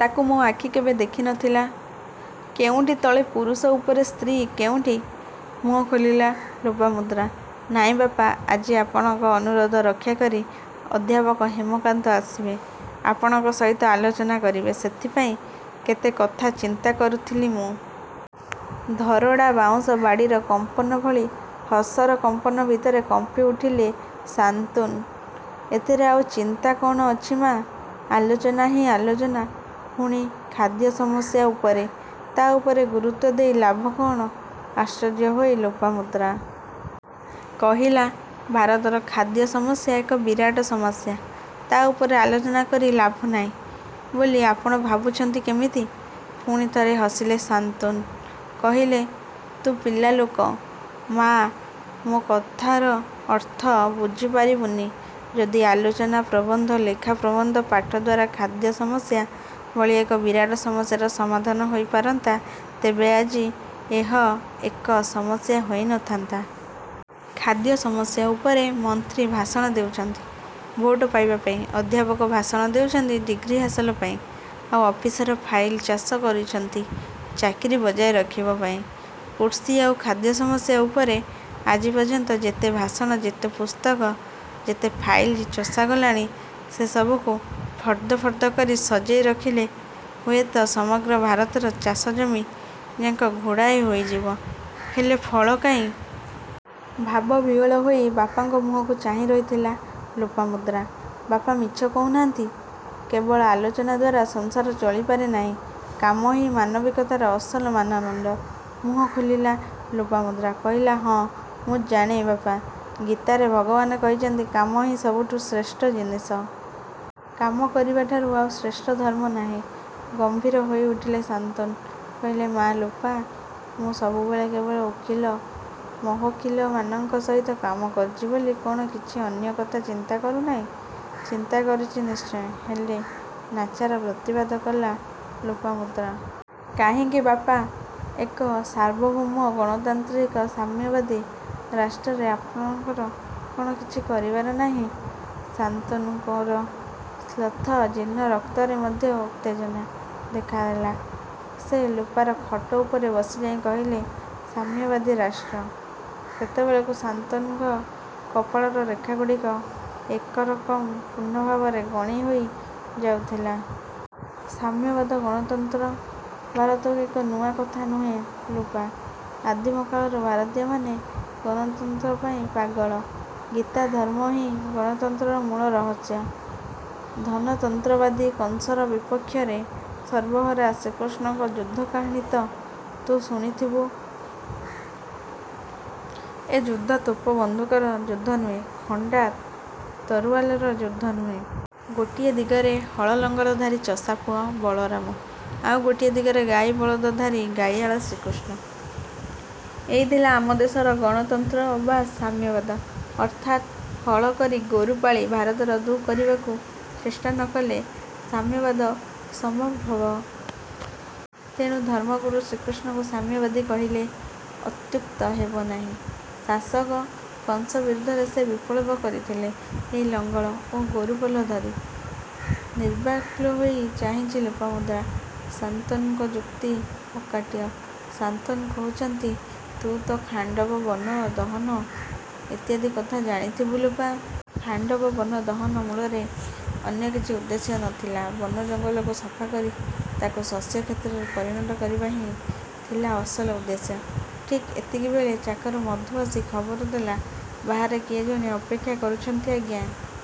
ତାକୁ ମୋ ଆଖି କେବେ ଦେଖି ନ ଥିଲା। କେଉଁଠି ତଳେ ପୁରୁଷ ଉପରେ ସ୍ତ୍ରୀ, କେଉଁଠି। ମୁହଁ ଖୋଲିଲା ଲୋପାମୁଦ୍ରା। ''ନାଇଁ ବାପା, ଆଜି ଆପଣଙ୍କ ଅନୁରୋଧ ରକ୍ଷାକରି ଅଧ୍ୟାପକ ହେମକାନ୍ତ ଆସିବେ। ଆପଣଙ୍କ ସହିତ ଆଲୋଚନା କରିବେ। ସେଇଥିପାଇଁ କେତେ କଥା ଚିନ୍ତା କରୁଥିଲି ମୁଁ। '' ଧରଡ଼ା ବାଉଁଶ ବାଡ଼ିର କମ୍ପନ ଭଳି ହସର କମ୍ପନ ଭିତରେ କମ୍ପିଉଠିଲେ ଶାନ୍ତନୁ ''ଏଥିରେ ଆଉ ଚିନ୍ତା କ'ଣ ଅଛି ମା। ଆଲୋଚନା ହିଁ ଆଲୋଚନା। ପୁଣି ଖାଦ୍ୟ ସମସ୍ୟା ଉପରେ। ତା' ଉପରେ ଗୁରୁତ୍ୱ ଦେଇ ଲାଭ କ'ଣ। '' ଆଶ୍ଚର୍ଯ୍ୟ ହୋଇ ଲୋପାମୁଦ୍ରା। କହିଲା ''ଭାରତର ଖାଦ୍ୟ ସମସ୍ୟା ଏକ ବିରାଟ ସମସ୍ୟା। ତା ଉପରେ ଆଲୋଚନା କରି ଲାଭ ନାହିଁ ବୋଲି ଆପଣ ଭାବୁଛନ୍ତି କେମିତି? '' ପୁଣି ଥରେ ହସିଲେ ଶାନ୍ତନୁ କହିଲେ ''ତୁ ପିଲାଲୋକ ମାଆ ମୋ କଥାର ଅର୍ଥ ବୁଝି ପାରିବୁନି। ଯଦି ଆଲୋଚନା, ପ୍ରବନ୍ଧ, ଲେଖା ପ୍ରବନ୍ଧ ପାଠ ଦ୍ୱାରା ଖାଦ୍ୟ ସମସ୍ୟା ଭଳି ଏକ ବିରାଟ ସସମ୍ୟାର ସମାଧାନ ହୋଇ ପାରନ୍ତା, ତେବେ ଆଜି ଏହ ଏକ ସମସ୍ୟା ହୋଇ ନ ଥାନ୍ତା। ଖାଦ୍ୟ ସମସ୍ୟା ଉପରେ ମନ୍ତ୍ରୀ ଭାଷଣ ଦେଉଛନ୍ତି ଭୋଟ ପାଇବା ପାଇଁ। ଅଧ୍ୟାପକ ଭାଷଣ ଦେଉଛନ୍ତି ଡିଗ୍ରୀ ହାସଲ ପାଇଁ। ଆଉ ଅଫିସର ଫାଇଲ ଚାଷ କରୁଛନ୍ତି ଚାକିରୀ ବଜାୟ ରଖିବ ପାଇଁ। କୃଷି ଆଉ ଖାଦ୍ୟ ସମସ୍ୟା ଉପରେ ଆଜି ପର୍ଯ୍ୟନ୍ତ ଯେତେ ଭାଷଣ, ଯେତେ ପୁସ୍ତକ, ଯେତେ ଫାଇଲ ଚଷାଗଲାଣି ସେ ସବୁକୁ ଫର୍ଦ ଫର୍ଦ କରି ସଜେଇ ରଖିଲେ ହୁଏତ ସମଗ୍ର ଭାରତର ଚାଷ ଜମି ଯାକ ଘୋଡ଼ାଇ ହୋଇଯିବ, ହେଲେ ଫଳ କାଇ? '' ଭାବ ବିହ୍ୱଳ ହୋଇ ବାପାଙ୍କ ମୁହଁକୁ ଚାହିଁ ରହିଥିଲା ଲୋପାମୁଦ୍ରା। ବାପା ମିଛ କହୁ ନାହାନ୍ତି। କେବଳ ଆଲୋଚନା ଦ୍ୱାରା ସଂସାର ଚଳିପାରେ ନାହିଁ। କାମ ହିଁ ମାନବିକତାର ଅସଲ ମାନଦଣ୍ଡ। ମୁହଁ ଖୋଲିଲା ଲୋପାମୁଦ୍ରା, କହିଲା ହଁ, ମୁଁ ଜାଣେ ବାପା, ଗୀତାରେ ଭଗବାନ କହିଛନ୍ତି କାମ ହିଁ ସବୁଠୁ ଶ୍ରେଷ୍ଠ ଜିନିଷ। କାମ କରିବା ଠାରୁ ଆଉ ଶ୍ରେଷ୍ଠ ଧର୍ମ ନାହିଁ। ଗମ୍ଭୀର ହୋଇ ଉଠିଲେ ଶାନ୍ତନୁ, କହିଲେ ମାଆ ଲୋପା ମୁଁ ସବୁବେଳେ କେବଳ ଓକିଲ ମହୋକିଲ ମାନଙ୍କ ସହିତ କାମ କରୁଛି ବୋଲି କ'ଣ କିଛି ଅନ୍ୟ କଥା ଚିନ୍ତା କରୁନାହିଁ? ଚିନ୍ତା କରୁଛି ନିଶ୍ଚୟ, ହେଲେ ନାଚାର ପ୍ରତିବାଦ କଲା ଲୋପାମୁଦ୍ରା। ''କାହିଁକି ବାପା ଏକ ସାର୍ବଭୌମ ଗଣତାନ୍ତ୍ରିକ ସାମ୍ୟବାଦୀ ରାଷ୍ଟ୍ରରେ ଆପଣଙ୍କର କ'ଣ କିଛି କରିବାର ନାହିଁ? '' ଶାନ୍ତନୁଙ୍କର ଶ୍ଳଥ ଜୀର୍ଣ୍ଣ ରକ୍ତରେ ମଧ୍ୟ ଉତ୍ତେଜନା ଦେଖା ଦେଲା। ସେ ଲୋପାର ଖଟ ଉପରେ ବସିଯାଇ କହିଲେ ''ସାମ୍ୟବାଦୀ ରାଷ୍ଟ? '' ସେତେବେଳକୁ ଶାନ୍ତନୁଙ୍କ କପାଳର ରେଖାଗୁଡ଼ିକ ଏକରକମ ପୂର୍ଣ୍ଣ ଭାବରେ ଗଣି ହୋଈ ଯାଉଥିଲା। ''ସାମ୍ୟବାଦ ଗଣତନ୍ତ୍ର ଭାରତକୁ ଏକ ନୂଆ କଥା ନୂହେଁ ଲୋପା। ଆଦିମ କାଳରୁ ଭାରତୀୟମାନେ ଗଣତନ୍ତ୍ର ପାଇଁ ପାଗଳ। ଗୀତା ଧର୍ମ ହିଁ ଗଣତନ୍ତ୍ରର ମୂଳ ରହସ୍ୟ। ଧନତନ୍ତ୍ରବାଦୀ କଂସର ବିପକ୍ଷରେ ସର୍ବହରା ଶ୍ରୀକୃଷ୍ଣଙ୍କ ଯୁଦ୍ଧ କାହାଣୀ ତ' ତୁ ଶୁଣିଥବୁ। ଏ ଯୁଦ୍ଧ ତୋପ ବନ୍ଧୁକର ଯୁଦ୍ଧ ନୁହେଁ, ଖଣ୍ଡା ତରୁଆଲର ଯୁଦ୍ଧ ନୁହେଁ। ଗୋଟିଏ ଦିଗରେ ହଳ ଲଙ୍ଗଳ ଧାରୀ ଚଷାପୁଅ ବଳରାମ, ଆଉ ଗୋଟାଏ ଦିଗରେ ଗାଇ ବଳଦ ଧାରୀ ଗାଇଆଳ ଶ୍ରୀକୃଷ୍ଣ। ଏଇ ଥିଲା ଆମ ଦେଶର ଗଣତନ୍ତର ବା ସାମ୍ୟବାଦ, ଅର୍ଥାତ୍ ହଳ କରି ଗୋରୁ ପାଳି ଭାରତର ଦୁଃ କରିବାକୁ ଚେଷ୍ଟା ନ କଲେ ସାମ୍ୟବାଦ ଅସମମ୍ଭବ। ତେଣୁ ଧର୍ମଗୁରୁ ଶ୍ରୀକୃଷ୍ଣଙ୍କୁ ସାମ୍ୟବାଦୀ କହିଲେ ଅତ୍ୟୁକ୍ତ ହେବନାହିଁ। ଶାସକ କଂସ ବିରୁଦ୍ଧରେ ସେ ବିପ୍ଳବ କରିଥିଲେ ଏହି ଲଙ୍ଗଳ ଓ ଗୋରୁପଲ ଧରି। '' ନିର୍ବାକ୍ହୋଇ ଚାହିଁଛି ଲୋପାମୁଦ୍ରା। ଶାନ୍ତନୁଙ୍କ ଯୁକ୍ତି ଅକାଟ୍ୟ। ଶାନ୍ତନୁ କହୁଛନ୍ତି ''ତୁ ତ' ଖାଣ୍ଡବ ବନ ଦହନ ଇତ୍ୟାଦି କଥା ଜାଣି ଥିବୁ ଲୋପା? ଖାଣ୍ଡବ ବନ ଦହନ ମୂଳରେ ଅନ୍ୟ କିଛି ଉଦ୍ଦେଶ୍ୟ ନ ଥିଲା। ବନ ଜଙ୍ଗଲକୁ ସଫା କରି ତାକୁ ଶସ୍ୟ କ୍ଷେତ୍ରରେ ପରିଣତ କରିବା ହିଁ ଥିଲା ଅସଲ ଉଦ୍ଦେଶ୍ୟ। '' ଠିକ୍ଏତିକିବେଳେ ଚାକର ମଧୁ ଆସି ଖବର ଦେଲା ''ବାହାରେ କିଏ ଜଣେ ଅପେକ୍ଷା କରୁଛନ୍ତି ଆଜ୍ଞା।